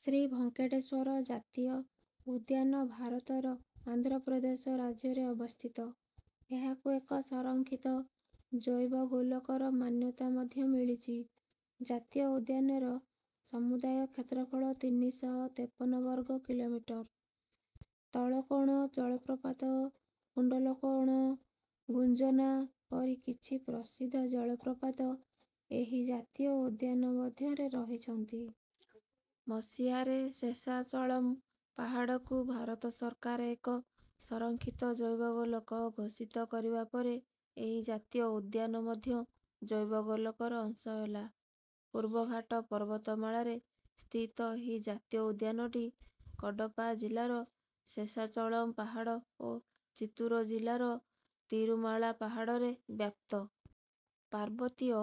ଶ୍ରୀ ଭଙ୍କେଟେଶ୍ୱର ଜାତୀୟ ଉଦ୍ୟାନ ଭାରତର ଆନ୍ଧ୍ର ପ୍ରଦେଶ ରାଜ୍ୟରେ ଅବସ୍ଥିତ। ଏହାକୁ ଏକ ସଂରକ୍ଷିତ ଜୈବଗୋଲକର ମାନ୍ୟତା ମଧ୍ୟ ମିଳିଛି। ଜାତୀୟ ଉଦ୍ୟାନର ସମୁଦାୟ କ୍ଷେତ୍ରଫଳ ତିନି ଶହ ତେପନ ବର୍ଗ କିଲୋମିଟର। ତଳକୋଣ ଜଳପ୍ରପାତ, ଗୁଣ୍ଡଲକୋଣ, ଗୁଞ୍ଜନା ପରି କିଛି ପ୍ରସିଦ୍ଧ ଜଳପ୍ରପାତ ଏହି ଜାତୀୟ ଉଦ୍ୟାନ ମଧ୍ୟରେ ରହିଛନ୍ତି। ମସିହାରେ ଶେଷାଚଳମ୍ ପାହାଡ଼କୁ ଭାରତ ସରକାର ଏକ ସଂରକ୍ଷିତ ଜୈବଗୋଲକ ଘୋଷିତ କରିବା ପରେ ଏହି ଜାତୀୟ ଉଦ୍ୟାନ ମଧ୍ୟ ଜୈବଗୋଲକର ଅଂଶ ହେଲା। ପୂର୍ବଘାଟ ପର୍ବତମାଳାରେ ସ୍ଥିତ ଏହି ଜାତୀୟ ଉଦ୍ୟାନଟି କଡ଼ପ୍ପା ଜିଲ୍ଲାର ଶେଷାଚଳମ୍ ପାହାଡ଼ ଓ ଚିତ୍ତୁର ଜିଲ୍ଲାର ତିରୁମାଳା ପାହାଡ଼ରେ ବ୍ୟାପ୍ତ। ପାର୍ବତୀୟ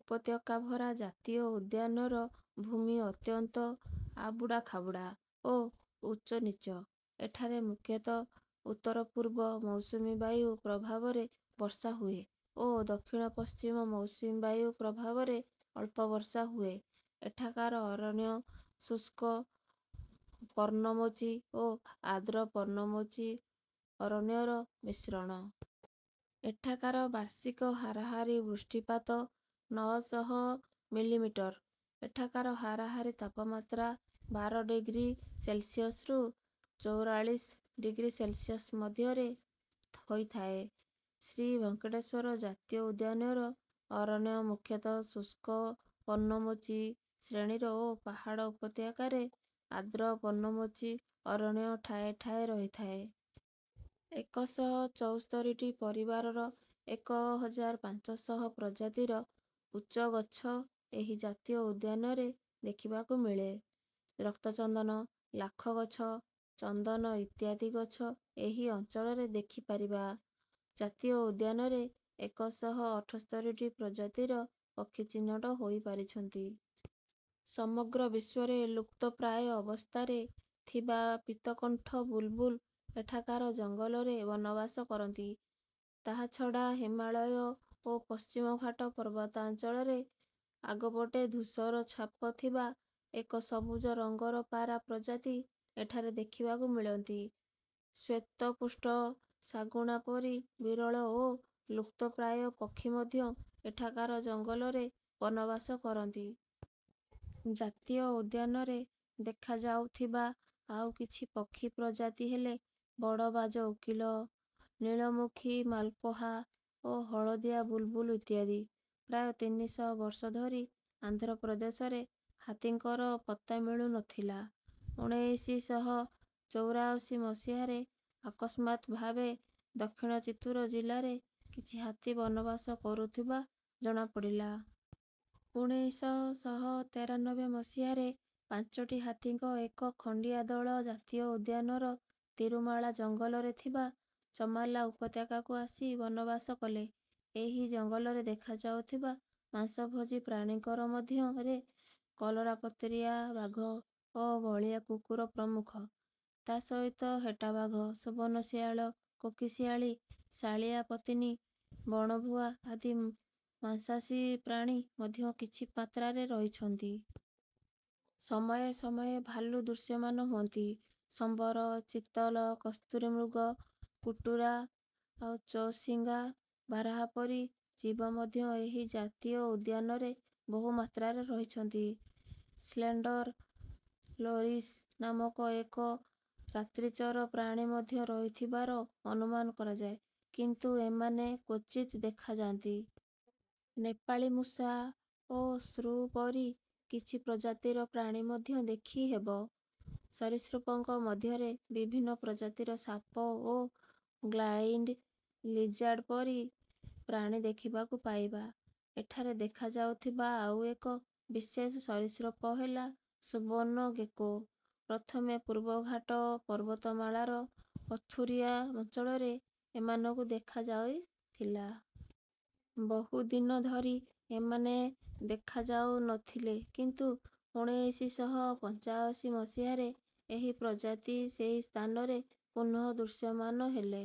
ଉପତ୍ୟକାଭରା ଜାତୀୟ ଉଦ୍ୟାନର ଭୂମି ଅତ୍ୟନ୍ତ ଆବୁଡ଼ାଖାବୁଡ଼ା ଓ ଉଚ୍ଚନୀଚ। ଏଠାରେ ମୁଖ୍ୟତଃ ଉତ୍ତର ପୂର୍ବ ମୌସୁମୀ ବାୟୁ ପ୍ରଭାବରେ ବର୍ଷା ହୁଏ ଓ ଦକ୍ଷିଣ ପଶ୍ଚିମ ମୌସୁମୀ ବାୟୁ ପ୍ରଭାବରେ ଅଳ୍ପ ବର୍ଷା ହୁଏ। ଏଠାକାର ଅରଣ୍ୟ ଶୁଷ୍କ ପର୍ଣ୍ଣମୋଚୀ ଓ ଆର୍ଦ୍ର ପର୍ଣ୍ଣମୋଚୀ ଅରଣ୍ୟର ମିଶ୍ରଣ। ଏଠାକାର ବାର୍ଷିକ ହାରାହାରି ବୃଷ୍ଟିପାତ ନଅ ଶହ ମିଲିମିଟର। ଏଠାକାର ହାରାହାରି ତାପମାତ୍ରା ବାର ଡିଗ୍ରୀ ସେଲ୍ସିୟସ୍‌ରୁ ଚଉରାଳିଶ ଡିଗ୍ରୀ ସେଲ୍ସିୟସ୍ ମଧ୍ୟରେ ହୋଇଥାଏ। ଶ୍ରୀ ଭେଙ୍କଟେଶ୍ୱର ଜାତୀୟ ଉଦ୍ୟାନର ଅରଣ୍ୟ ମୁଖ୍ୟତଃ ଶୁଷ୍କ ପର୍ଣ୍ଣମୋଚୀ ଶ୍ରେଣୀର ଓ ପାହାଡ଼ ଉପତ୍ୟକାରେ ଆର୍ଦ୍ର ପର୍ଣ୍ଣମୋଚୀ ଅରଣ୍ୟ ଠାଏ ଠାଏ ରହିଥାଏ। ଏକ ଶହ ଚଉସ୍ତରୀଟି ପରିବାରର ଏକ ହଜାର ପାଞ୍ଚ ଶହ ପ୍ରଜାତିର ଉଚ୍ଚ ଗଛ ଏହି ଜାତୀୟ ଉଦ୍ୟାନରେ ଦେଖିବାକୁ ମିଳେ। ରକ୍ତଚନ୍ଦନ, ଲାଖ ଗଛ, ଚନ୍ଦନ ଇତ୍ୟାଦି ଗଛ ଏହି ଅଞ୍ଚଳରେ ଦେଖିପାରିବା। ଜାତୀୟ ଉଦ୍ୟାନରେ ଏକ ଶହ ଅଠସ୍ତରୀଟି ପ୍ରଜାତିର ପକ୍ଷୀ ଚିହ୍ନଟ ହୋଇପାରିଛନ୍ତି। ସମଗ୍ର ବିଶ୍ୱରେ ଲୁପ୍ତପ୍ରାୟ ଅବସ୍ଥାରେ ଥିବା ପୀତକଣ୍ଠ ବୁଲ୍‌ବୁଲ୍ ଏଠାକାର ଜଙ୍ଗଲରେ ବସବାସ କରନ୍ତି। ତାହା ଛଡ଼ା ହିମାଳୟ ଓ ପଶ୍ଚିମଘାଟ ପର୍ବତାଞ୍ଚଳରେ ଆଗପଟେ ଧୂସର ଛାପ ଥିବା ଏକ ସବୁଜ ରଙ୍ଗର ପାରା ପ୍ରଜାତି ଏଠାରେ ଦେଖିବାକୁ ମିଳନ୍ତି। ଶ୍ୱେତପୃଷ୍ଠ ଶାଗୁଣା ପରି ବିରଳ ଓ ଲୁପ୍ତପ୍ରାୟ ପକ୍ଷୀ ମଧ୍ୟ ଏଠାକାର ଜଙ୍ଗଲରେ ବସବାସ କରନ୍ତି। ଜାତୀୟ ଉଦ୍ୟାନରେ ଦେଖାଯାଉଥିବା ଆଉ କିଛି ପକ୍ଷୀ ପ୍ରଜାତି ହେଲେ ବଡ଼ ବାଜ କୋକିଲ, ନୀଳମୁଖୀ ମାଲକୋହା ଓ ହଳଦିଆ ବୁଲ୍‌ବୁଲ୍ ଇତ୍ୟାଦି। ପ୍ରାୟ ତିନି ଶହ ବର୍ଷ ଧରି ଆନ୍ଧ୍ର ପ୍ରଦେଶରେ ହାତୀଙ୍କର ପତ୍ତା ମିଳୁ ନ ଥିଲା। ଉଣେଇଶ ଶହ ଚଉରାଅଶୀ ମସିହାରେ ଅକସ୍ମାତ୍ ଭାବେ ଦକ୍ଷିଣ ଚିତ୍ତୁର ଜିଲ୍ଲାରେ କିଛି ହାତୀ ବସବାସ କରୁଥିବା ଜଣାପଡ଼ିଲା। ଉଣେଇଶ ଶହ ତେରାନବେ ମସିହାରେ ପାଞ୍ଚଟି ହାତୀଙ୍କ ଏକ ଖଣ୍ଡିଆ ଦଳ ଜାତୀୟ ଉଦ୍ୟାନର ତିରୁମାଳା ଜଙ୍ଗଲରେ ଥିବା ଚମାଲା ଉପତ୍ୟକାକୁ ଆସି ବସବାସ କଲେ। ଏହି ଜଙ୍ଗଲରେ ଦେଖାଯାଉଥିବା ମାଂସଭୋଜୀ ପ୍ରାଣୀଙ୍କ ମଧ୍ୟରେ କଲରାପତରିଆ ବାଘ ଓ ବଳିଆ କୁକୁର ପ୍ରମୁଖ। ତାସହିତ ହେଟା ବାଘ, ସୁବର୍ଣ୍ଣ ଶିଆଳ, କୋକିଶିଆଳୀ, ଶାଳିଆପତିନି, ବଣଭୁଆ ଆଦି ମାଂସାଶୀ ପ୍ରାଣୀ ମଧ୍ୟ କିଛି ମାତ୍ରାରେ ରହିଛନ୍ତି। ସମୟେ ସମୟେ ଭାଲୁ ଦୃଶ୍ୟମାନ ହୁଅନ୍ତି। ସମ୍ବର, ଚିତଲ୍, କସ୍ତୁରୀ ମୃଗ, କୁଟୁରା, ଚୌଶିଙ୍ଘା, ବାର୍‌ହା ପରି ଜୀବ ମଧ୍ୟ ଏହି ଜାତୀୟ ଉଦ୍ୟାନରେ ବହୁ ମାତ୍ରାରେ ରହିଛନ୍ତି। ସ୍ଲେଣ୍ଡର୍ ଲୋରିସ୍ ନାମକ ଏକ ରାତ୍ରିଚର ପ୍ରାଣୀ ମଧ୍ୟ ରହିଥିବାର ଅନୁମାନ କରାଯାଏ କିନ୍ତୁ ଏମାନେ କ୍ୱଚିତ୍ ଦେଖାଯାନ୍ତି। ନେପାଳୀ ମୂଷା ଓ ଶ୍ର୍ୟୁ ପରି କିଛି ପ୍ରଜାତିର ପ୍ରାଣୀ ମଧ୍ୟ ଦେଖିହେବ। ସରୀସୃପଙ୍କ ମଧ୍ୟରେ ବିଭିନ୍ନ ପ୍ରଜାତିର ସାପ ଓ ଗ୍ଲାଇଡିଂ ଲିଜାର୍ଡ୍ ପରି ପ୍ରାଣୀ ଦେଖିବାକୁ ପାଇବା। ଏଠାରେ ଦେଖାଯାଉଥିବା ଆଉ ଏକ ବିଶେଷ ସରୀସୃପ ହେଲା ସୁବର୍ଣ୍ଣ ଗେକୋ। ପ୍ରଥମେ ପୂର୍ବଘାଟ ପର୍ବତମାଳାର ପଥୁରିଆ ଅଞ୍ଚଳରେ ଏମାନଙ୍କୁ ଦେଖାଯାଇଥିଲା। ବହୁ ଦିନ ଧରି ଏମାନେ ଦେଖାଯାଉ ନ ଥିଲେ କିନ୍ତୁ ଉଣେଇଶ ଶହ ପଞ୍ଚାଅଶୀ ମସିହାରେ ଏହି ପ୍ରଜାତି ସେହି ସ୍ଥାନରେ ପୁନଃ ଦୃଶ୍ୟମାନ ହେଲେ।